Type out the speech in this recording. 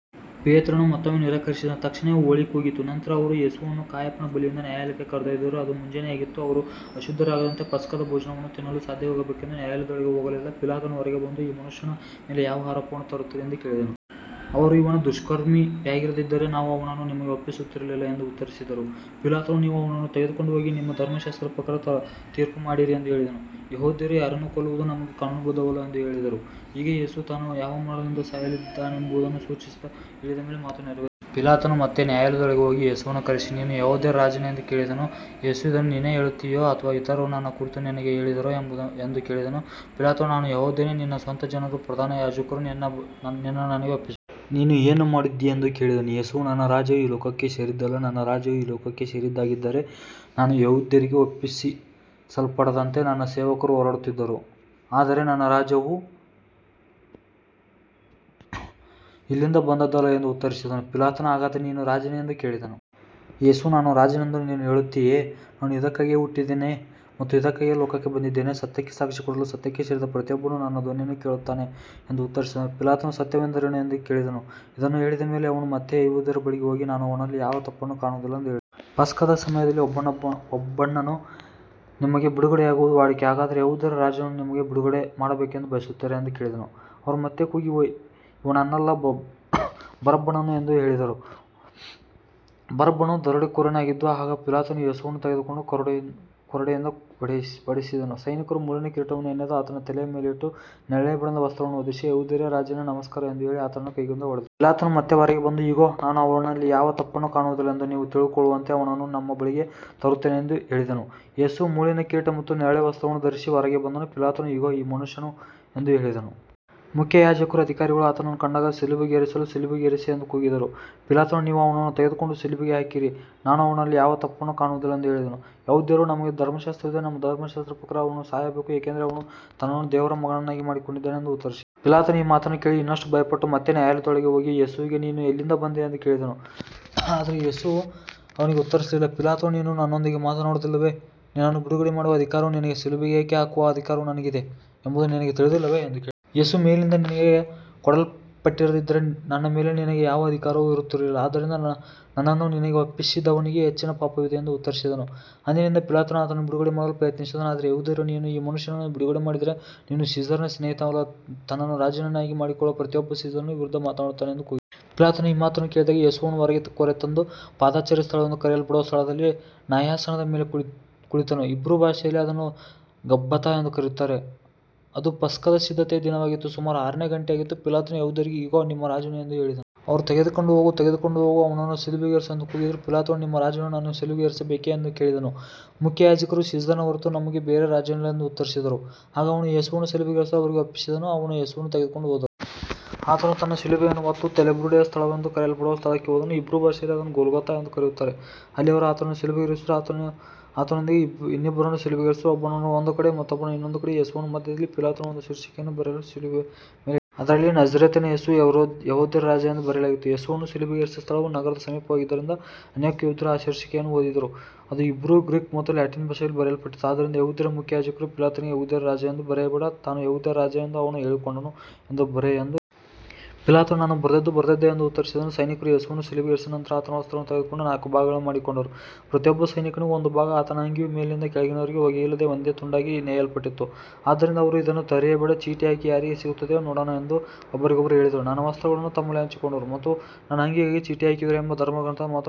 ಪೇತ್ರನು ಮತ್ತೊಮ್ಮೆ ನಿರಾಕರಿಸಿದನು, ತಕ್ಷಣವೇ ಕೋಳಿ ಕೂಗಿತು. ನಂತರ ಅವರು ಯೇಸುವನ್ನು ಕಾಯಫನ ಬಳಿಯಿಂದ ನ್ಯಾಯಾಲಯಕ್ಕೆ ಕರೆದೊಯ್ದರು. ಅದು ಮುಂಜಾನೆಯಾಗಿತ್ತು. ಅವರು ಅಶುದ್ಧರಾಗದಂತೆ ಪಸ್ಕದ ಭೋಜನವನ್ನು ತಿನ್ನಲು ಸಾಧ್ಯವಾಗಬೇಕೆಂದು ನ್ಯಾಯಾಲಯದೊಳಗೆ ಹೋಗಲಿಲ್ಲ. ಪಿಲಾತನು ಹೊರಗೆ ಬಂದು, ಈ ಮನುಷ್ಯನ ಮೇಲೆ ಯಾವ ಆರೋಪವನ್ನು ತರುತ್ತೀರಿ ಎಂದು ಕೇಳಿದನು. ಅವರು, ಇವನು ದುಷ್ಕರ್ಮಿಯಾಗಿರದಿದ್ದರೆ ನಾವು ಅವನನ್ನು ನಿಮಗೆ ಒಪ್ಪಿಸುತ್ತಿರಲಿಲ್ಲ ಎಂದು ಉತ್ತರಿಸಿದರು. ಪಿಲಾತನು, ನೀವು ಅವನನ್ನು ತೆಗೆದುಕೊಂಡು ಹೋಗಿ ನಿಮ್ಮ ಧರ್ಮಶಾಸ್ತ್ರದ ಪ್ರಕಾರ ತೀರ್ಪುಮಾಡಿರಿ ಎಂದು ಹೇಳಿದನು. ಯೆಹೂದ್ಯರು, ಯಾರನ್ನೂ ಕೊಲ್ಲುವುದು ನಮಗೆ ಕಾನೂನುಬದ್ಧವಲ್ಲ ಎಂದು ಹೇಳಿದರು. ಹೀಗೆ ಯೇಸು ತಾನು ಯಾವ ಮರಣದಿಂದ ಸಾಯಲಿದ್ದಾನೆಂಬುದನ್ನು ಸೂಚಿಸಿ ಹೇಳಿದ ಮಾತು ನೆರವೇರಿತು. ಪಿಲಾತನು ಮತ್ತೆ ನ್ಯಾಯಾಲಯದೊಳಗೆ ಹೋಗಿ ಯೇಸುವನ್ನು ಕರೆಸಿ, ನೀನು ಯೆಹೂದ್ಯರ ರಾಜನೇ ಎಂದು ಕೇಳಿದನು. ಯೇಸು, ಇದನ್ನು ನೀನೇ ಹೇಳುತ್ತೀಯೋ, ಅಥವಾ ಇತರರು ನನ್ನ ಕುರಿತು ನಿನಗೆ ಹೇಳಿದರೋ ಎಂದು ಕೇಳಿದನು. ಪಿಲಾತನು, ನಾನು ಯೆಹೂದ್ಯನೇ? ನಿನ್ನ ಸ್ವಂತ ಜನರೂ ಪ್ರಧಾನ ಯಾಜಕರೂ ನಿನ್ನನ್ನು ನನಗೆ ಒಪ್ಪಿಸಿದ್ದಾರೆ. ನೀನು ಏನು ಮಾಡಿದ್ದೀ ಎಂದು ಕೇಳಿದನು. ಯೇಸು, ನನ್ನ ರಾಜ್ಯವು ಈ ಲೋಕಕ್ಕೆ ಸೇರಿದ್ದಲ್ಲ. ನನ್ನ ರಾಜ್ಯವು ಈ ಲೋಕಕ್ಕೆ ಸೇರಿದ್ದಾಗಿದ್ದರೆ, ನಾನು ಯೆಹೂದ್ಯರಿಗೆ ಒಪ್ಪಿಸಲ್ಪಡದಂತೆ ನನ್ನ ಸೇವಕರು ಹೋರಾಡುತ್ತಿದ್ದರು. ಆದರೆ ನನ್ನ ರಾಜ್ಯವು ಇಲ್ಲಿಂದ ಬಂದದ್ದಲ್ಲ ಎಂದು ಉತ್ತರಿಸಿದನು. ಪಿಲಾತನು, ಹಾಗಾದರೆ ನೀನು ರಾಜನೇ ಎಂದು ಕೇಳಿದನು. ಯೇಸು, ನಾನು ರಾಜನೆಂದು ನೀನು ಹೇಳುತ್ತೀಯೆ. ನಾನು ಇದಕ್ಕಾಗಿಯೇ ಹುಟ್ಟಿದ್ದೇನೆ ಮತ್ತು ಇದಕ್ಕಾಗಿಯೇ ಲೋಕಕ್ಕೆ ಬಂದಿದ್ದೇನೆ, ಸತ್ಯಕ್ಕೆ ಸಾಕ್ಷಿಕೊಡಲು. ಸತ್ಯಕ್ಕೆ ಸೇರಿದ ಪ್ರತಿಯೊಬ್ಬನು ನನ್ನ ಧ್ವನಿಯನ್ನು ಕೇಳುತ್ತಾನೆ ಎಂದು ಉತ್ತರಿಸಿದನು. ಪಿಲಾತನು, ಸತ್ಯವೆಂದರೇನು ಎಂದು ಕೇಳಿದನು. ಇದನ್ನು ಹೇಳಿದ ಮೇಲೆ ಅವನು ಮತ್ತೆ ಯೆಹೂದ್ಯರ ಬಳಿಗೆ ಹೋಗಿ, ನಾನು ಅವನಲ್ಲಿ ಯಾವ ತಪ್ಪನ್ನೂ ಕಾಣುವುದಿಲ್ಲ ಎಂದು ಹೇಳಿದನು. ಪಸ್ಕದ ಸಮಯದಲ್ಲಿ ಒಬ್ಬನನ್ನು ನಿಮಗೆ ಬಿಡುಗಡೆಮಾಡುವುದು ವಾಡಿಕೆ. ಹಾಗಾದರೆ ಯೆಹೂದ್ಯರ ರಾಜನನ್ನು ನಿಮಗೆ ಬಿಡುಗಡೆಮಾಡಬೇಕೆಂದು ಬಯಸುತ್ತೀರಾ ಎಂದು ಕೇಳಿದನು. ಅವರು ಮತ್ತೆ ಕೂಗಿ, ಇವನನ್ನಲ್ಲ, ಬರಬ್ಬನನ್ನು ಎಂದು ಹೇಳಿದರು. ಬರಬ್ಬನು ದರೋಡೆಕೋರನಾಗಿದ್ದನು. ಆಗ ಪಿಲಾತನು ಯೇಸುವನ್ನು ತೆಗೆದುಕೊಂಡು ಕೊರಡೆಯಿಂದ ಹೊಡೆಸಿದನು. ಸೈನಿಕರು ಮುಳ್ಳಿನ ಕಿರೀಟವನ್ನು ಹೆಣೆದು ಆತನ ತಲೆಯ ಮೇಲೆ ಇಟ್ಟು, ನೇರಳೆ ಬಣ್ಣದ ವಸ್ತ್ರವನ್ನು ಹೊದಿಸಿ, ಯೆಹೂದ್ಯರ ರಾಜನೇ, ನಮಸ್ಕಾರ ಎಂದು ಹೇಳಿ ಆತನನ್ನು ಕೈಗಳಿಂದ ಹೊಡೆದರು. ಪಿಲಾತನು ಮತ್ತೆ ಹೊರಗೆ ಬಂದು, ಇಗೋ, ನಾನು ಅವನಲ್ಲಿ ಯಾವ ತಪ್ಪನ್ನೂ ಕಾಣುವುದಿಲ್ಲ ಎಂದು ನೀವು ತಿಳಿದುಕೊಳ್ಳುವಂತೆ ಅವನನ್ನು ನಿಮ್ಮ ಬಳಿಗೆ ತರುತ್ತೇನೆ ಎಂದು ಹೇಳಿದನು. ಯೇಸು ಮುಳ್ಳಿನ ಕಿರೀಟ ಮತ್ತು ನೇರಳೆ ವಸ್ತ್ರವನ್ನು ಧರಿಸಿ ಹೊರಗೆ ಬಂದನು. ಪಿಲಾತನು, ಇಗೋ, ಈ ಮನುಷ್ಯನು ಎಂದು ಹೇಳಿದನು. ಮುಖ್ಯಯಾಜಕರೂ ಅಧಿಕಾರಿಗಳೂ ಆತನನ್ನು ಕಂಡಾಗ, ಶಿಲುಬೆಗೇರಿಸು, ಶಿಲುಬೆಗೇರಿಸು ಎಂದು ಕೂಗಿದರು. ಪಿಲಾತನು, ನೀವು ಅವನನ್ನು ತೆಗೆದುಕೊಂಡು ಶಿಲುಬೆಗೆ ಹಾಕಿರಿ, ನಾನು ಅವನಲ್ಲಿ ಯಾವ ತಪ್ಪನ್ನೂ ಕಾಣುವುದಿಲ್ಲ ಎಂದು ಹೇಳಿದನು. ಯೆಹೂದ್ಯರು, ನಮಗೆ ಧರ್ಮಶಾಸ್ತ್ರವಿದೆ, ನಮ್ಮ ಧರ್ಮಶಾಸ್ತ್ರದ ಪ್ರಕಾರ ಅವನು ಸಾಯಬೇಕು, ಏಕೆಂದರೆ ಅವನು ತನ್ನನ್ನು ದೇವರ ಮಗನನ್ನಾಗಿ ಮಾಡಿಕೊಂಡಿದ್ದಾನೆ ಎಂದು ಉತ್ತರಿಸಿದರು. ಪಿಲಾತನು ಈ ಮಾತನ್ನು ಕೇಳಿ ಇನ್ನಷ್ಟು ಭಯಪಟ್ಟು ಮತ್ತೆ ನ್ಯಾಯಾಲಯದೊಳಗೆ ಹೋಗಿ ಯೇಸುವಿಗೆ, ನೀನು ಎಲ್ಲಿಂದ ಬಂದೆ ಎಂದು ಕೇಳಿದನು. ಆದರೆ ಯೇಸು ಅವನಿಗೆ ಉತ್ತರಿಸಲಿಲ್ಲ. ಪಿಲಾತನು, ನೀನು ನನ್ನೊಂದಿಗೆ ಮಾತನಾಡುವುದಿಲ್ಲವೇ? ನಿನ್ನನ್ನು ಬಿಡುಗಡೆಮಾಡುವ ಅಧಿಕಾರವೂ ನಿನಗೆ ಶಿಲುಬೆಗೆ ಹಾಕುವ ಅಧಿಕಾರವೂ ನನಗಿದೆ ಎಂಬುದು ನಿನಗೆ ತಿಳಿದಿಲ್ಲವೇ ಎಂದು ಕೇಳಿದನು. ಯೇಸು, ಮೇಲಿನಿಂದ ನಿನಗೆ ಕೊಡಲ್ಪಟ್ಟಿರದಿದ್ದರೆ ನನ್ನ ಮೇಲೆ ನಿನಗೆ ಯಾವ ಅಧಿಕಾರವೂ ಇರುತ್ತಿರಲಿಲ್ಲ. ಆದ್ದರಿಂದ ನನ್ನನ್ನು ನಿನಗೆ ಒಪ್ಪಿಸಿದವನಿಗೆ ಹೆಚ್ಚಿನ ಪಾಪವಿದೆ ಎಂದು ಉತ್ತರಿಸಿದನು. ಅಂದಿನಿಂದ ಪಿಲಾತನು ಆತನನ್ನು ಬಿಡುಗಡೆಮಾಡಲು ಪ್ರಯತ್ನಿಸಿದನು. ಆದರೆ ಯೆಹೂದ್ಯರು, ನೀನು ಈ ಮನುಷ್ಯನನ್ನು ಬಿಡುಗಡೆಮಾಡಿದರೆ ನೀನು ಸೀಸರನ ಸ್ನೇಹಿತನಲ್ಲ. ತನ್ನನ್ನು ರಾಜನನ್ನಾಗಿ ಮಾಡಿಕೊಳ್ಳುವ ಪ್ರತಿಯೊಬ್ಬನೂ ಸೀಸರನ ವಿರುದ್ಧ ಮಾತನಾಡುತ್ತಾನೆ ಎಂದು ಕೂಗಿದರು. ಪಿಲಾತನು ಈ ಮಾತು ಕೇಳಿದಾಗ ಯೇಸುವನ್ನು ಹೊರಗೆ ಕರೆತಂದು, ಪಾದಚಾರಿ ಸ್ಥಳವೆಂದು ಕರೆಯಲ್ಪಡುವ ಸ್ಥಳದಲ್ಲಿ ನ್ಯಾಯಾಸನದ ಮೇಲೆ ಕುಳಿತನು. ಹೀಬ್ರೂ ಭಾಷೆಯಲ್ಲಿ ಅದನ್ನು ಗಬ್ಬಥಾ ಎಂದು ಕರೆಯುತ್ತಾರೆ. ಅದು ಪಸ್ಕದ ಸಿದ್ಧತೆಯ ದಿನವಾಗಿತ್ತು, ಸುಮಾರು ಆರನೆಯ ಗಂಟೆಯಾಗಿತ್ತು. ಪಿಲಾತನು ಯೆಹೂದ್ಯರಿಗೆ, ಇಗೋ, ನಿಮ್ಮ ರಾಜನು ಎಂದು ಹೇಳಿದನು. ಅವರು, ತೆಗೆದುಕೊಂಡು ಹೋಗು, ತೆಗೆದುಕೊಂಡು ಹೋಗು, ಅವನನ್ನು ಶಿಲುಬೆಗೇರಿಸು ಎಂದು ಕೂಗಿದರು. ಪಿಲಾತನು, ನಿಮ್ಮ ರಾಜನನ್ನು ನಾನು ಶಿಲುಬೆಗೇರಿಸಬೇಕೇ ಎಂದು ಕೇಳಿದನು. ಮುಖ್ಯಯಾಜಕರು, ಸೀಸರನ ಹೊರತು ನಮಗೆ ಬೇರೆ ರಾಜನಿಲ್ಲ ಎಂದು ಉತ್ತರಿಸಿದರು. ಆಗ ಅವನು ಯೇಸುವನ್ನು ಶಿಲುಬೆಗೇರಿಸಲು ಅವರಿಗೆ ಒಪ್ಪಿಸಿದನು. ಅವರು ಯೇಸುವನ್ನು ತೆಗೆದುಕೊಂಡು ಹೋದರು. ಆತನು ತನ್ನ ಶಿಲುಬೆಯನ್ನು ಹೊತ್ತು ತಲೆಬುರುಡೆಯ ಸ್ಥಳವೆಂದು ಕರೆಯಲ್ಪಡುವ ಸ್ಥಳಕ್ಕೆ ಹೋದನು. ಹೀಬ್ರೂ ಭಾಷೆಯಲ್ಲಿ ಅದನ್ನು ಗೊಲ್ಗೊಥಾ ಎಂದು ಕರೆಯುತ್ತಾರೆ. ಅಲ್ಲಿ ಅವರು ಆತನನ್ನು ಶಿಲುಬೆಗೇರಿಸಿದರು. ಆತನೊಂದಿಗೆ ಇನ್ನಿಬ್ಬರನ್ನೂ ಶಿಲುಬೆಗೇರಿಸಿದರು, ಒಬ್ಬನನ್ನು ಒಂದು ಕಡೆ, ಮತ್ತೊಬ್ಬನನ್ನು ಇನ್ನೊಂದು ಕಡೆ, ಯೇಸುವನ್ನು ಮಧ್ಯದಲ್ಲಿ. ಪಿಲಾತನು ಒಂದು ಶೀರ್ಷಿಕೆಯನ್ನು ಬರೆದು ಶಿಲುಬೆಯ ಮೇಲೆ ಇಟ್ಟನು. ಅದರಲ್ಲಿ, ನಜರೇತಿನ ಯೇಸು, ಯೆಹೂದ್ಯರ ರಾಜ ಎಂದು ಬರೆಯಲಾಗಿತ್ತು. ಯೇಸುವನ್ನು ಶಿಲುಬೆಗೇರಿಸಿದ ಸ್ಥಳವು ನಗರದ ಸಮೀಪವಾಗಿದ್ದರಿಂದ ಅನೇಕ ಯೆಹೂದ್ಯರು ಆ ಶೀರ್ಷಿಕೆಯನ್ನು ಓದಿದರು. ಅದು ಹೀಬ್ರೂ, ಗ್ರೀಕ್ ಮತ್ತು ಲ್ಯಾಟಿನ್ ಭಾಷೆಗಳಲ್ಲಿ ಬರೆಯಲ್ಪಟ್ಟಿತ್ತು. ಆದ್ದರಿಂದ ಯೆಹೂದ್ಯರ ಮುಖ್ಯಯಾಜಕರು ಪಿಲಾತನಿಗೆ, ಯೆಹೂದ್ಯರ ರಾಜ ಎಂದು ಬರೆಯಬೇಡ, ತಾನು ಯೆಹೂದ್ಯರ ರಾಜ ಎಂದು ಅವನು ಹೇಳಿಕೊಂಡನು ಎಂದು ಬರೆಯು ಎಂದು ಹೇಳಿದರು. ಪಿಲಾತನು, ನಾನು ಬರೆದದ್ದು ಬರೆದದ್ದೇ ಎಂದು ಉತ್ತರಿಸಿದನು. ಸೈನಿಕರು ಯೇಸುವನ್ನು ಶಿಲುಬೆಗೇರಿಸಿದ ನಂತರ ಆತನ ವಸ್ತ್ರಗಳನ್ನು ತೆಗೆದುಕೊಂಡು ನಾಲ್ಕು ಭಾಗಗಳಾಗಿ ಮಾಡಿಕೊಂಡರು, ಪ್ರತಿಯೊಬ್ಬ ಸೈನಿಕನಿಗೂ ಒಂದು ಭಾಗ. ಆತನ ಅಂಗಿಯು ಮೇಲಿನಿಂದ ಕೆಳಗಿನವರೆಗೂ ಹೊಲಿಗೆಯಿಲ್ಲದೆ ಒಂದೇ ತುಂಡಾಗಿ ನೇಯಲ್ಪಟ್ಟಿತ್ತು. ಆದ್ದರಿಂದ ಅವರು, ಇದನ್ನು ಹರಿಯಬೇಡ, ಚೀಟಿ ಹಾಕಿ ಯಾರಿಗೆ ಸಿಗುತ್ತದೆಯೋ ನೋಡೋಣ ಎಂದು ಒಬ್ಬರಿಗೊಬ್ಬರು ಹೇಳಿದರು. ನನ್ನ ವಸ್ತ್ರಗಳನ್ನು ತಮ್ಮಲ್ಲಿ ಹಂಚಿಕೊಂಡರು ಮತ್ತು ನನ್ನ ಅಂಗಿಗಾಗಿ ಚೀಟಿ ಹಾಕಿದರು ಎಂಬ ಧರ್ಮಗ್ರಂಥದ ಮಾತು ನೆರವೇರಿತು.